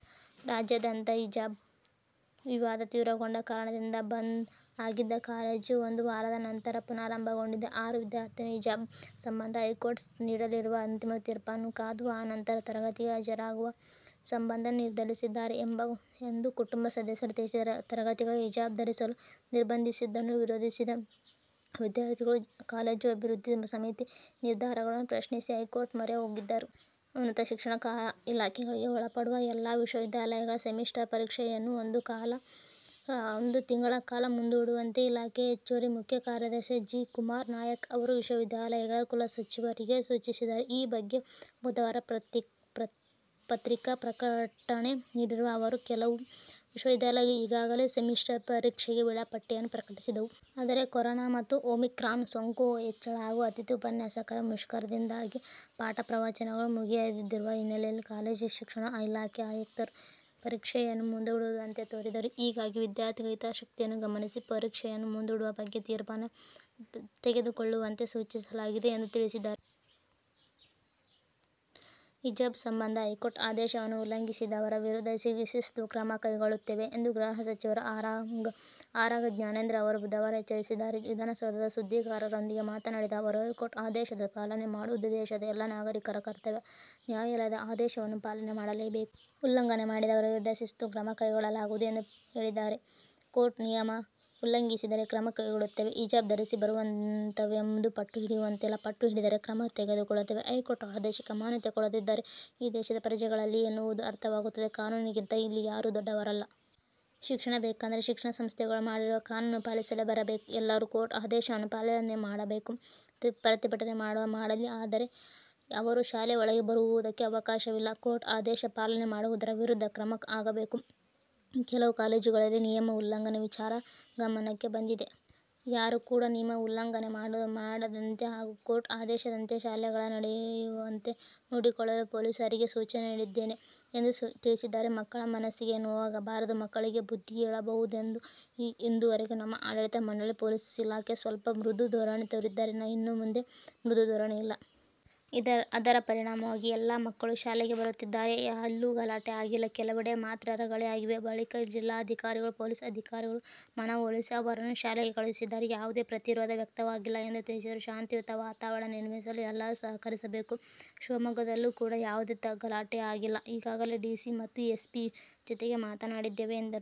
ರಾಜ್ಯಾದ್ಯಂತ ಹಿಜಾಬ್ ವಿವಾದ ತೀವ್ರಗೊಂಡ ಕಾರಣದಿಂದ ಬಂದ್ ಆಗಿದ್ದ ಕಾಲೇಜು ಒಂದು ವಾರದ ನಂತರ ಪುನಾರಂಭಗೊಂಡಿದೆ. ಆರು ವಿದ್ಯಾರ್ಥಿನಿಯರು ಹಿಜಾಬ್ ಸಂಬಂಧ ಹೈಕೋರ್ಟ್ ನೀಡಲಿರುವ ಅಂತಿಮ ತೀರ್ಪನ್ನು ಕಾದು ಆ ನಂತರ ತರಗತಿಗಳಿಗೆ ಹಾಜರಾಗುವ ಸಂಬಂಧ ನಿರ್ಧರಿಸಲಿದ್ದಾರೆ ಎಂದು ಕುಟುಂಬ ಸದಸ್ಯರು ತಿಳಿಸಿದ್ದಾರೆ. ತರಗತಿಗಳಲ್ಲಿ ಹಿಜಾಬ್ ಧರಿಸಲು ನಿರ್ಬಂಧಿಸಿದ್ದನ್ನು ವಿರೋಧಿಸಿದ ವಿದ್ಯಾರ್ಥಿಗಳು ಕಾಲೇಜು ಅಭಿವೃದ್ಧಿ ಸಮಿತಿ ನಿರ್ಧಾರವನ್ನು ಪ್ರಶ್ನಿಸಿ ಹೈಕೋರ್ಟ್ ಮೊರೆ ಹೋಗಿದ್ದರು. ಉನ್ನತ ಶಿಕ್ಷಣ ಇಲಾಖೆಗೆ ಒಳಪಡುವ ಎಲ್ಲಾ ವಿಶ್ವವಿದ್ಯಾಲಯಗಳ ಸೆಮಿಸ್ಟರ್ ಪರೀಕ್ಷೆಯನ್ನು ಒಂದು ತಿಂಗಳ ಕಾಲ ಮುಂದೂಡುವಂತೆ ಇಲಾಖೆಯ ಹೆಚ್ಚುವರಿ ಮುಖ್ಯ ಕಾರ್ಯದರ್ಶಿ ಜಿ. ಕುಮಾರ್ ನಾಯಕ್ ಅವರು ವಿಶ್ವವಿದ್ಯಾಲಯಗಳ ಕುಲಸಚಿವರುಗಳಿಗೆ ಸೂಚಿಸಿದ್ದಾರೆ. ಈ ಬಗ್ಗೆ ಬುಧವಾರ ಪತ್ರಿಕಾ ಪ್ರಕಟಣೆ ನೀಡಿರುವ ಅವರು, ಕೆಲವು ವಿಶ್ವವಿದ್ಯಾಲಯಗಳು ಈಗಾಗಲೇ ಸೆಮಿಸ್ಟರ್ ಪರೀಕ್ಷೆಯ ವೇಳಾಪಟ್ಟಿಯನ್ನು ಪ್ರಕಟಿಸಿದ್ದವು. ಆದರೆ, ಕೊರೊನಾ ಮತ್ತು ಒಮಿಕ್ರಾನ್ ಸೋಂಕು ಹೆಚ್ಚಳ ಹಾಗೂ ಅತಿಥಿ ಉಪನ್ಯಾಸಕರ ಮುಷ್ಕರದಿಂದಾಗಿ ಪಾಠ ಪ್ರವಚನಗಳು ಮುಗಿಯದಿರುವ ಹಿನ್ನೆಲೆಯಲ್ಲಿ ಕಾಲೇಜು ಶಿಕ್ಷಣ ಇಲಾಖೆ ಆಯುಕ್ತರು ಪರೀಕ್ಷೆಯನ್ನು ಮುಂದೂಡುವಂತೆ ಕೋರಿದ್ದರು. ಹೀಗಾಗಿ, ವಿದ್ಯಾರ್ಥಿಗಳ ಹಿತಾಸಕ್ತಿಯನ್ನು ಗಮನಿಸಿ, ಪರೀಕ್ಷೆಯನ್ನು ಮುಂದೂಡುವ ಬಗ್ಗೆ ತೀರ್ಮಾನ ತೆಗೆದುಕೊಳ್ಳುವಂತೆ ಸೂಚಿಸಲಾಗಿದೆ ಎಂದು ತಿಳಿಸಿದ್ದಾರೆ. ಹಿಜಾಬ್ ಸಂಬಂಧ ಹೈಕೋರ್ಟ್ ಆದೇಶವನ್ನು ಉಲ್ಲಂಘಿಸಿದವರ ವಿರುದ್ಧ ಶಿಸ್ತು ಕ್ರಮ ಕೈಗೊಳ್ಳುತ್ತೇವೆ ಎಂದು ಗೃಹ ಸಚಿವ ಆರಗ ಜ್ಞಾನೇಂದ್ರ ಅವರು ಬುಧವಾರ ಎಚ್ಚರಿಸಿದ್ದಾರೆ. ವಿಧಾನಸೌಧದಲ್ಲಿ ಸುದ್ದಿಗಾರರೊಂದಿಗೆ ಮಾತನಾಡಿದ ಅವರು, ಹೈಕೋರ್ಟ್ ಆದೇಶವ ಪಾಲನೆ ಮಾಡುವುದು ದೇಶದ ಎಲ್ಲಾ ನಾಗರೀಕರ ಕರ್ತವ್ಯ. ನ್ಯಾಯಾಲಯದ ಆದೇಶವನ್ನು ಪಾಲನೆ ಮಾಡಲೇಬೇಕು. ಉಲ್ಲಂಘನೆ ಮಾಡಿದವರ ವಿರುದ್ಧ ಶಿಸ್ತು ಕ್ರಮ ಕೈಗೊಳ್ಳಲಾಗುವುದು ಎಂದು ಹೇಳಿದ್ದಾರೆ. ಕೋರ್ಟ್ ನಿಮಯ ಉಲ್ಲಂಘಿಸಿದರೆ ಕ್ರಮಕೈಗೊಳ್ಳುತ್ತೇವೆ. ಹಿಜಾಬ್ ಧರಿಸಿ ಬರುತ್ತೇವೆಂದು ಪಟ್ಟು ಹಿಡಿಯುವಂತಿಲ್ಲ ಪಟ್ಟು ಹಿಡಿದರೆ ಕ್ರಮ ತೆಗೆದುಕೊಳ್ಳುತ್ತೇವೆ. ಕೋರ್ಟ್ ಆದೇಶಕ್ಕೆ ಮಾನ್ಯತೆ ಕೊಡದಿದ್ದರೆ ಈ ದೇಶದ ಪ್ರಜೆಗಳಲ್ಲ ಎನ್ನುವುದು ಅರ್ಥವಾಗುತ್ತದೆ. ಕಾನೂನಿಗಿಂತ ಇಲ್ಲಿ ಯಾರೂ ದೊಡ್ಡವರಲ್ಲ. ಶಿಕ್ಷಣ ಬೇಕೆಂದರೆ ಶಿಕ್ಷಣ ಸಂಸ್ಥೆಗಳು ಮಾಡಿರುವ ಕಾನೂನನ್ನು ಪಾಲಿಸಿ ಬರಬೇಕು. ಎಲ್ಲರೂ ಕೋರ್ಟ್ ಆದೇಶವನ್ನು ಪಾಲನೆ ಮಾಡಲೇಬೇಕು. ಪ್ರತಿಭಟನೆ ಮಾಡುವರು ಮಾಡಲಿ. ಆದರೆ, ಅವರು ಶಾಲೆ ಒಳಗಡೆ ಬರುವುದಕ್ಕೆ ಅವಕಾಶವಿಲ್ಲ. ಕೋರ್ಟ್ ಆದೇಶ ಪಾಲನೆ ಮಾಡದವರ ವಿರುದ್ಧ ಕ್ರಮ ಆಗಬೇಕು. ಕೆಲವು ಕಾಲೇಜುಗಳಲ್ಲಿ ನಿಯಮ ಉಲ್ಲಂಘನೆ ವಿಚಾರ ಗಮನಕ್ಕೆ ಬಂದಿದೆ. ಯಾರು ಕೂಡ ನಿಯಮ ಉಲ್ಲಂಘನೆ ಮಾಡದಂತೆ ಹಾಗೂ ಕೋರ್ಟ್ ಆದೇಶದಂತೆ ಶಾಲೆಗಳ ನಡೆಯುವಂತೆ ನೋಡಿಕೊಳ್ಳಲು ಪೊಲೀಸರಿಗೆ ಸೂಚನೆ ನೀಡಿದ್ದೇನೆ ಎಂದು ತಿಳಿಸಿದ್ದಾರೆ. ಮಕ್ಕಳ ಮನಸ್ಸಿಗೆ ನೋವಾಗಬಾರದು. ಮಕ್ಕಳಿಗೆ ಬುದ್ಧಿ ಹೇಳಬಹುದೆಂದು ಇದೂವರೆಗೆ ನಮ್ಮ ಆಡಳಿತ ಮಂಡಳಿ, ಪೊಲೀಸ್ ಇಲಾಖೆ ಸ್ವಲ್ಪ ಮೃದು ಧೋರಣೆ ತೋರಿದ್ದಾರೆ. ಇನ್ನು ಮುಂದೆ ಮೃದು ಧೋರಣೆ ಇಲ್ಲ. ಅದರ ಪರಿಣಾಮವಾಗಿ ಎಲ್ಲಾ ಮಕ್ಕಳು ಶಾಲೆಗೆ ಬರುತ್ತಿದ್ದಾರೆ. ಎಲ್ಲೂ ಗಲಾಟೆ ಆಗಿಲ್ಲ. ಕೆಲವೆಡೆ ಮಾತ್ರ ರಗಳೆ ಆಗಿದೆ. ಬಳಿಕ ಜಿಲ್ಲಾಧಿಕಾರಿಗಳು, ಪೊಲೀಸ್ ಅಧಿಕಾರಿಗಳು ಮನವೊಲಿಸಿ ಅವರನ್ನು ಶಾಲೆಗೆ ಕಳುಹಿಸಿದ್ದಾರೆ. ಯಾವುದೇ ಪ್ರತಿರೋಧ ವ್ಯಕ್ತವಾಗಿಲ್ಲ ಎಂದು ತಿಳಿಸಿದರು. ಶಾಂತಿಯುತ ವಾತಾವರಣ ನಿರ್ಮಿಸಲು ಎಲ್ಲರೂ ಸಹಕರಿಸಬೇಕು. ಶಿವಮೊಗ್ಗದಲ್ಲೂ ಕೂಡ ಯಾವುದೇ ಗಲಾಟೆ ಆಗಿಲ್ಲ. ಈಗಾಗಲೇ ಡಿಸಿ ಮತ್ತು ಎಸ್'ಪಿ ಜೊತೆಗೆ ಮಾತನಾಡಿದ್ದೇನೆ ಎಂದರು.